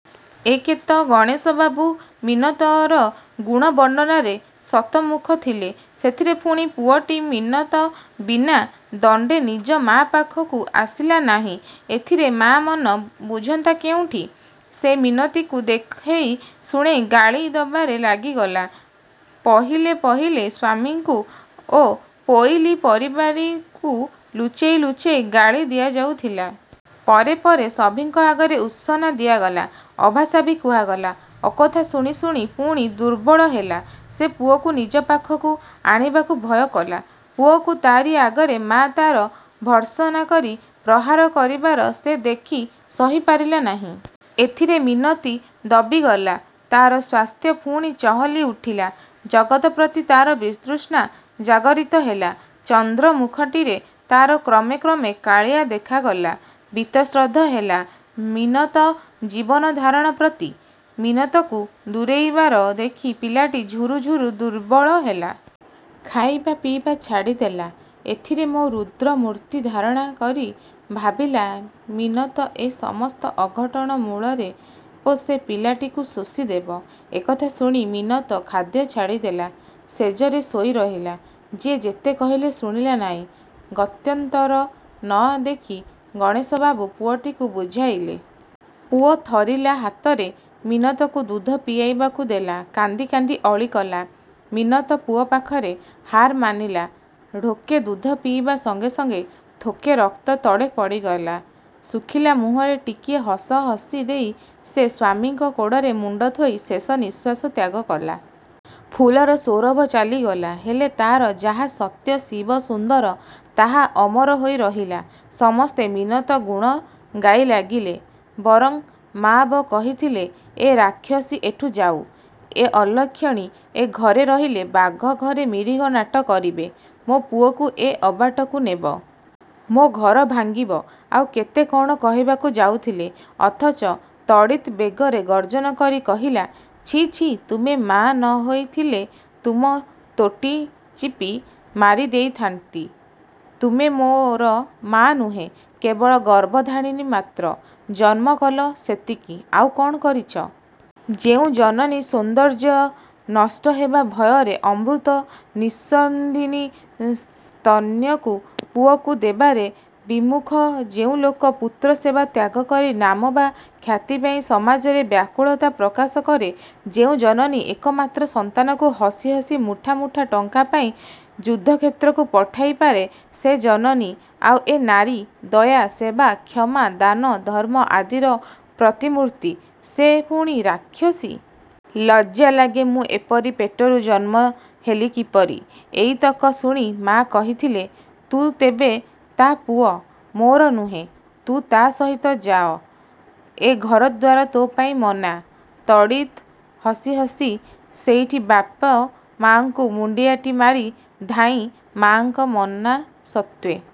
ଏକେତ ଗଣେଶ ବାବୁ ମିନତର ଗୁଣ ବର୍ଣ୍ଣନାରେ ଶତମୁଖ ଥିଲେ, ସେଥିରେ ପୁଣି ପୁଅଟି ମିନତ ବିନା ଦଣ୍ଡେ ନିଜ ମା' ପାଖକୁ ଆସିଲା ନାହିଁ। ଏଥିରେ ମା'ମନ ବୁଝନ୍ତା କେଉଁଠି। ସେ ମିନତିକୁ ଦେଖେଇ ଶୁଣେଇ ଗାଳି ଦବାରେ ଲାଗିଗଲା। ପହିଲେ ପହିଲେ ସ୍ୱାମୀଙ୍କୁ ଓ ପୋଇଲୀ ପରିବାରୀଙ୍କୁ ଲୁଚେଇ ଲୁଚେଇ ଗାଳି ଦିଆଯାଉଥିଲା। ପରେ ପରେ ସଭିଙ୍କ ଆଗରେ ଉର୍ତ୍ସନା ଦିଆଗଲା, ଅଭାଷା ବି କୁହାଗଲା। ଅକଥା ଶୁଣି ଶୁଣି ପୁଣି ଦୁର୍ବଳ ହେଲା। ସେ ପୁଅକୁ ନିଜ ପାଖକୁ ଆଣିବାକୁ ଭୟକଲା। ପୁଅକୁ ତାରି ଆଗରେ ମା' ତାର ଭର୍ତ୍ସନା କରି ପ୍ରହାର କରିବାର ସେ ଦେଖି ସହି ପାରିଲା ନାହିଁ। ଏଥିରେ ମିନତି ଦବିଗଲା। ତାର ସ୍ୱାସ୍ଥ୍ୟ ପୁଣି ଚହଲି ଉଠିଲା। ଜଗତ ପ୍ରତି ତାର ବିତୃଷ୍ଣା ଜାଗରିତ ହେଲା। ଚନ୍ଦ୍ର ମୁଖଟିରେ ତାର କ୍ରମେ କ୍ରମେ କାଳିଆ ଦେଖାଗଲା। ବିତଶ୍ରଦ୍ଧ ହେଲା ମିନତ ଜୀବନଧାରଣ ପ୍ରତି। ମିନତକୁ ଦୂରେଇବାର ଦେଖି ପିଲାଟି ଝୁରି ଝୁରି ଦୁର୍ବଳ ହେଲା। ଖାଇବା ପିଇବା ଛାଡ଼ିଦେଲା। ଏଥିରେ ମା' ରୁଦ୍ର ମୂର୍ତ୍ତି ଧାରଣା କରି ଭାବିଲା ମିନତ ଏ ସମସ୍ତ ଅଘଟଣ ମୂଳରେ ଓ ସେ ପିଲାଟିକୁ ଶୋଷିଦେବ। ଏକଥା ଶୁଣି ମିନତ ଖାଦ୍ୟ ଛାଡ଼ିଦେଲା। ଶେଯରେ ଶୋଇ ରହିଲା। ଯିଏ ଯେତେ କହିଲେ ଶୁଣିଲା ନାହିଁ। ଗତ୍ୟନ୍ତର ନ ଦେଖି ଗଣେଶବାବୁ ପୁଅଟିକୁ ବୁଝାଇଲେ। ପୁଅ ଥରିଲା ହାତରେ ମିନତକୁ ଦୁଧ ପିଇବାକୁ ଦେଲା। କାନ୍ଦି କାନ୍ଦି ଅଳି କଲା। ମିନତ ପୁଅ ପାଖରେ ହାର ମାନିଲା, ଢୋକେ ଦୁଧ ପିଇବା ସଙ୍ଗେ ସଙ୍ଗେ ଥୋକେ ରକ୍ତ ତଳେ ପଡ଼ିଗଲା। ଶୁଖିଲା ମୁହଁରେ ଟିକିଏ ହସ ହସି ଦେଇ ସେ ସ୍ୱାମୀଙ୍କ କୋଡ଼ରେ ମୁଣ୍ଡ ଥୋଇ ଶେଷ ନିଶ୍ୱାସ ତ୍ୟାଗ କଲା। ଫୁଲର ସୌରଭ ଚାଲିଗଲା। ହେଲେ ତାର ଯାହା ସତ୍ୟ-ଶିବ-ସୁନ୍ଦର ତାହା ଅମର ହୋଇ ରହିଲା। ସମସ୍ତେ ମିନତ ଗୁଣ ଗାଇ ଲାଗିଲେ। ବରଂ ମା'ବ କହିଥିଲେ-ଏ ରାକ୍ଷସୀ ଏଠୁ ଯାଉ। ଏ ଅଲକ୍ଷଣୀ ଏ ଘରେ ରହିଲେ ବାଘ ଘରେ ମିରିଗ ନାଟ କରିବେ, ମୋ ପୁଅକୁ ଏ ଅବାଟକୁ ନେବ। ମୋ ଘର ଭାଙ୍ଗିବ-ଆଉ କେତେ କଣ କହିବାକୁ ଯାଉଥିଲେ, ଅଥଚ ତଡ଼ିତ୍ ବେଗରେ ଗର୍ଜନ କରି କହିଲା-ଛି, ଛି, ତୁମେ ମାଆ ନ ହୋଇଥିଲେ ତୁମ ତୋଟି ଚିପି ମାରି ଦେଇଥାଆନ୍ତି। ତୁମେ ମୋର ମା' ନୁହଁ, କେବଳ ଗର୍ଭଧାରଣୀ ମାତ୍ର। ଜନ୍ମ କଲ, ସେତିକି, ଆଉ କ'ଣ କରିଚ? ଯେଉଁ ଜନନୀ ସ୍ୱସୌନ୍ଦର୍ଯ୍ୟ ନଷ୍ଟ ହେବା ଭୟରେ ଅମୃତ ନିଃସ୍ୟନ୍ଦିନୀ ସ୍ତନ୍ୟକୁ ପୁଅକୁ ଦେବାରେ ବିମୁଖ ଯେଉଁ ଲୋକ ପୁତ୍ରସେବା ତ୍ୟାଗ କରି ନାମ ବା ଖ୍ୟାତି ପାଇଁ ସମାଜରେ ବ୍ୟାକୁଳତା ପ୍ରକାଶ କରେ, ଯେଉଁ ଜନନୀ ଏକମାତ୍ର ସନ୍ତାନକୁ ହସି ହସି ମୁଠା ମୁଠା ଟଙ୍କା ପାଇଁ ଯୁଦ୍ଧକ୍ଷେତ୍ରକୁ ପଠାଇ ପାରେ ସେ ଜନନୀ-ଆଉ ଏ ନାରୀ, ଦୟା, ସେବା, କ୍ଷମା, ଦାନ, ଧର୍ମ ଆଦିର ପ୍ରତିମୂର୍ତ୍ତି, ସେ ପୁଣି ରାକ୍ଷସୀ? ଲଜ୍ଜା ଲାଗେ ମୁଁ ଏପରି ପେଟରୁ ଜନ୍ମ ହେଲି କିପରି? ଏଇତକ ଶୁଣି ମା କହିଥିଲେ-ତୁ ତେବେ ତା ପୁଅ, ମୋର ନୁହେଁ, ତୁ ତା ସହିତ ଯାଅ-। ଏ ଘରଦ୍ୱାର ତୋ ପାଇଁ ମନା। ତଡ଼ିତ୍ ହସି ହସି ସେଇଠି ବାପ ମା'ଙ୍କୁ ମୁଣ୍ଡିଆଟିଏ ମାରି ଧାଈ ମା'ଙ୍କ ମନା ସତ୍ତ୍ୱେ